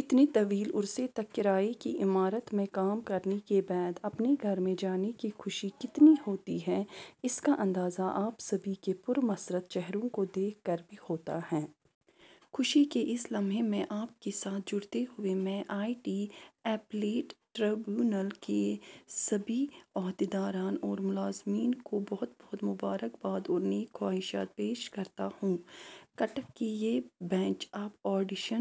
اتنے طویل عرصے تک کرائے کی عمارت میں کام کرنے کے بعد اپنے گھر میں جانے کی خوشی کتنی ہوتی ہے اس کا اندازہ آپ سبھی کے پرمسرت چہروں کو دیکھ کر بھی ہوتا ہے۔ خوشی کے اس لمحے میں آپ کے ساتھ جڑتے ہوئے میں آئی ٹی اپیلیٹ ٹربیونل کے سبھی عہدیداران اور ملازمین کو بہت بہت مبارکباد اور نیک خواہشات پیش کرتا ہوں۔ کٹک کی یہ بینچ اب اڈیشہ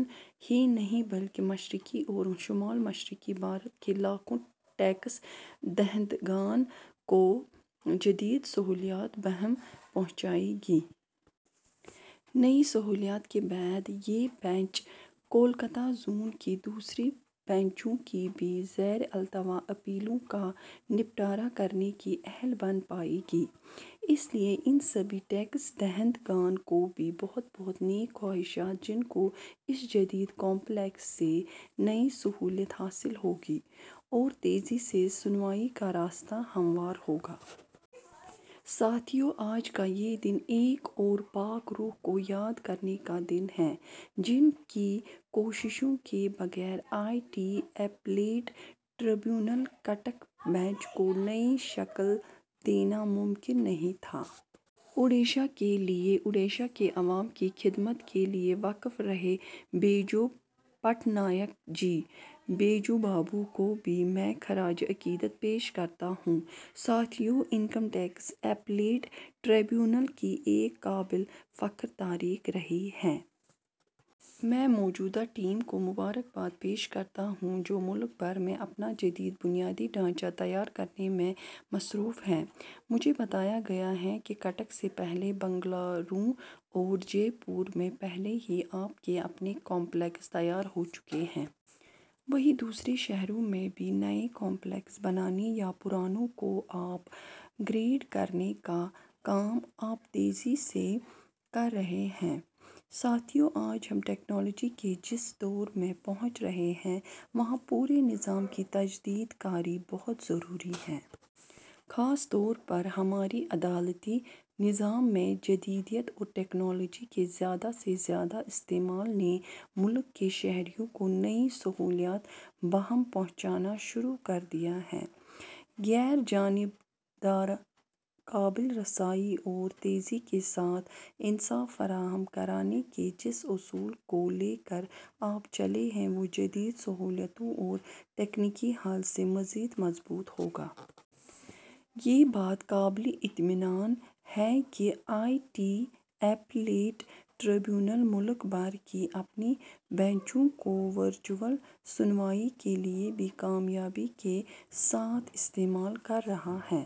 ہی نہیں بلکہ مشرقی اور شمال مشرقی بھارت کے لاکھوں ٹیکس دہندگان کو جدید سہولیات بہم پہنچائے گی۔ نئی سہولیات کے بعد یہ بینچ کولکاتا زون کی دوسری بینچوں کی بھی زیر التوا اپیلوں کا نپٹارہ کرنے کی اہل بن پائے گی۔ اس لیے ان سبھی ٹیکس دہندگان کو بھی بہت بہت نیک خواہشات جن کو اس جدید کامپلیکس سے نئی سہولت حاصل ہوگی اور تیزی سے سنوائی کا راستہ ہموار ہوگا۔ ساتھیو، آج کا یہ دن ایک اور پاک روح کو یاد کرنے کا دن ہے جن کی کوششوں کے بغیر I T appellate tribunal Cuttack bench کو نئی شکل دینا ممکن نہیں تھا۔ اڈیشہ کے لیے، اڈیشہ کے عوام کی خدمت کے لیے وقف رہے بیجو پٹنائک جی، بیجو بابو کو بھی میں خراج عقیدت پیش کرتا ہوں۔ ساتھیو، انکم ٹیکس اپیلیٹ ٹربیونل کی ایک قابل فخر تاریخ رہی ہے۔ میں موجودہ ٹیم کو مبارکباد پیش کرتا ہوں جو ملک بھر میں اپنا جدید بنیادی ڈھانچہ تیار کرنے میں مصروف ہے۔ مجھے بتایا گیا ہے کہ کٹک سے پہلے بنگلورو اور جے پور میں پہلے ہی آپ کے اپنے کامپلیکس تیار ہو چکے ہیں۔ وہیں دوسرے شہروں میں بھی نئے کامپلیکس بنانے یا پرانوں کو اپ گریڈ کرنے کا کام آپ تیزی سے کر رہے ہیں۔ ساتھیو، آج ہم ٹیکنالوجی کے جس دور میں پہنچ رہے ہیں وہاں پورے نظام کی تجدید کاری بہت ضروری ہے۔ خاص طور پر ہمارے عدالتی نظام میں جدیدیت اور ٹیکنالوجی کے زیادہ سے زیادہ استعمال نے ملک کے شہریوں کو نئی سہولیات بہم پہنچانا شروع کر دیا ہے۔ غیر جانبدار، قابل رسائی اور تیزی کے ساتھ انصاف فراہم کرانے کے جس اصول کو لے کر آپ چلے ہیں وہ جدید سہولتوں اور تکنیکی حل سے مزید مضبوط ہوگا۔ یہ بات قابل اطمئنان ہے کہ آئی ٹی اپیلیٹ ٹربیونل ملک بھر کی اپنی بینچوں کو ورچوئل سنوائی کے لیے بھی کامیابی کے ساتھ استعمال کر رہا ہے۔